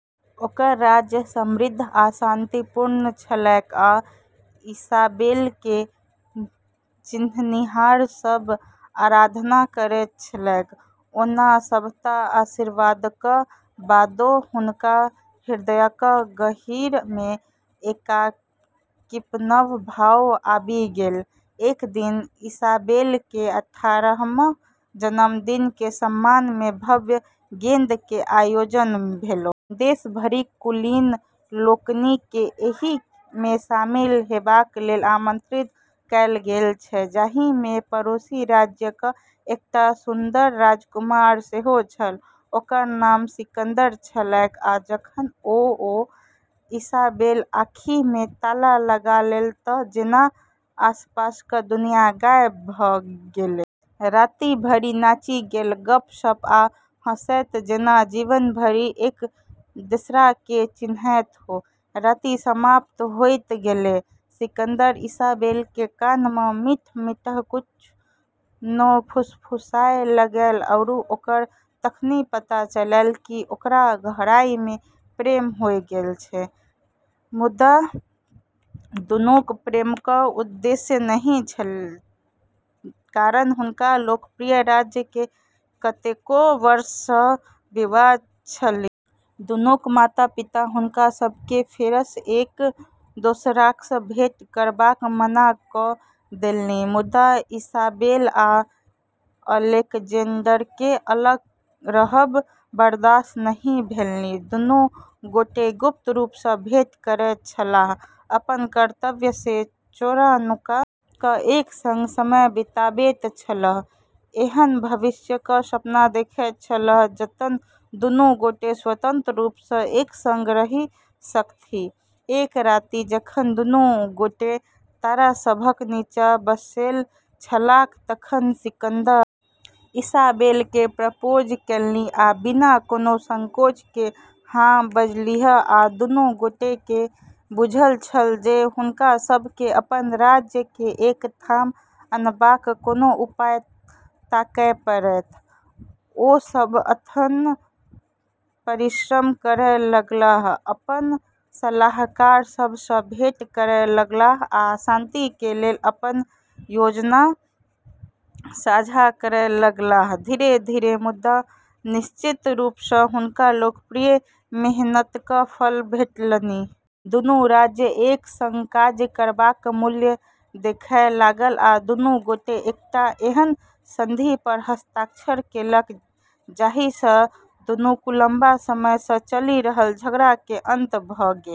ओकर राज्य समृद्ध आ शांतिपूर्ण छलैक आ इसाबेल केँ चिन्हनिहार सब आराधना करैत छलैक ओना सभटा आशीर्वादक बादो हुनका हृदयक गहींर मे एकाकीपनक भाव आबि गेलनि। एक दिन इसाबेल के अठारहम जन्मदिन के सम्मान में भव्य गेंद के आयोजन भेलै। देश भरिक कुलीन लोकनि केँ एहि मे शामिल हेबाक लेल आमंत्रित कयल गेल छल जाहि मे पड़ोसी राज्यक एकटा सुन्दर राजकुमार सेहो छल ओकर नाम सिकंदर छलैक आ जखन ओ आ इसाबेल आँखि मे ताला लगा लेलक तऽ जेना आसपासक दुनियाँ गायब भ गेलै। राति भरि नाचि गेल, गप्प-सप्प आ हँसैत जेना जीवन भरि एक दोसरा केँ चिन्हैत हो, राति समाप्त होइत गेलै, सिकंदर इसाबेल के कान में मीठऽ-मीठऽ कुछ नै फुसफुसाय लागलै आरो ओकरा तखनी पता चललै कि ओकरा गहराई सें प्रेम होय गेलऽ छै, मुदा दुनूक प्रेमक उद्देश्य नहि छलनि, कारण हुनका लोकनिक राज्य मे कतेको वर्ष सँ विवाद छलनि। दुनूक माता-पिता हुनका सभकेँ फेरसँ एक दोसरासँ भेंट करबासँ मना कऽ देलनि मुदा इसाबेल आ अलेक्जेंडरकेँ अलग रहब बर्दाश्त नहि भेलनि। दुनू गोटे गुप्त रूप सँ भेंट करैत छलाह, अपन कर्तव्य सँ चोरा-नुका क एक संग समय बिताबैत छलाह, एहन भविष्यक सपना देखैत छलाह जतय दुनू गोटे स्वतंत्र रूप सँ एक संग रहि सकथि, एक राति जखन दुनू गोटे तारा सभक नीचा बैसल छलाह तखन सिकंदर इसाबेल केँ प्रपोज केलनि ओ बिना कोनो संकोच के हाँ बजलीह आ दुनू गोटे के बुझल छल जे हुनका सब के अपन राज्य के एक ठाम अनबाक कोनो उपाय ताकय पड़त, ओ सभ अथक परिश्रम करय लगलाह, अपन सलाहकार सभ सं भेंट करय लगलाह आ शांति के लेल अपन योजना साझा करय लगलाह, धीरे-धीरे मुदा निश्चित रूपसँ हुनका लोकनिक मेहनतक फल भेटलनि। दुनू राज्य एक संग काज करबाक मूल्य देखय लागल आ दुनू गोटे एकटा एहन संधि पर हस्ताक्षर केलक जाहि सँ दुनूक लंबा समय सँ चलि रहल झगड़ा के अंत भ गेल।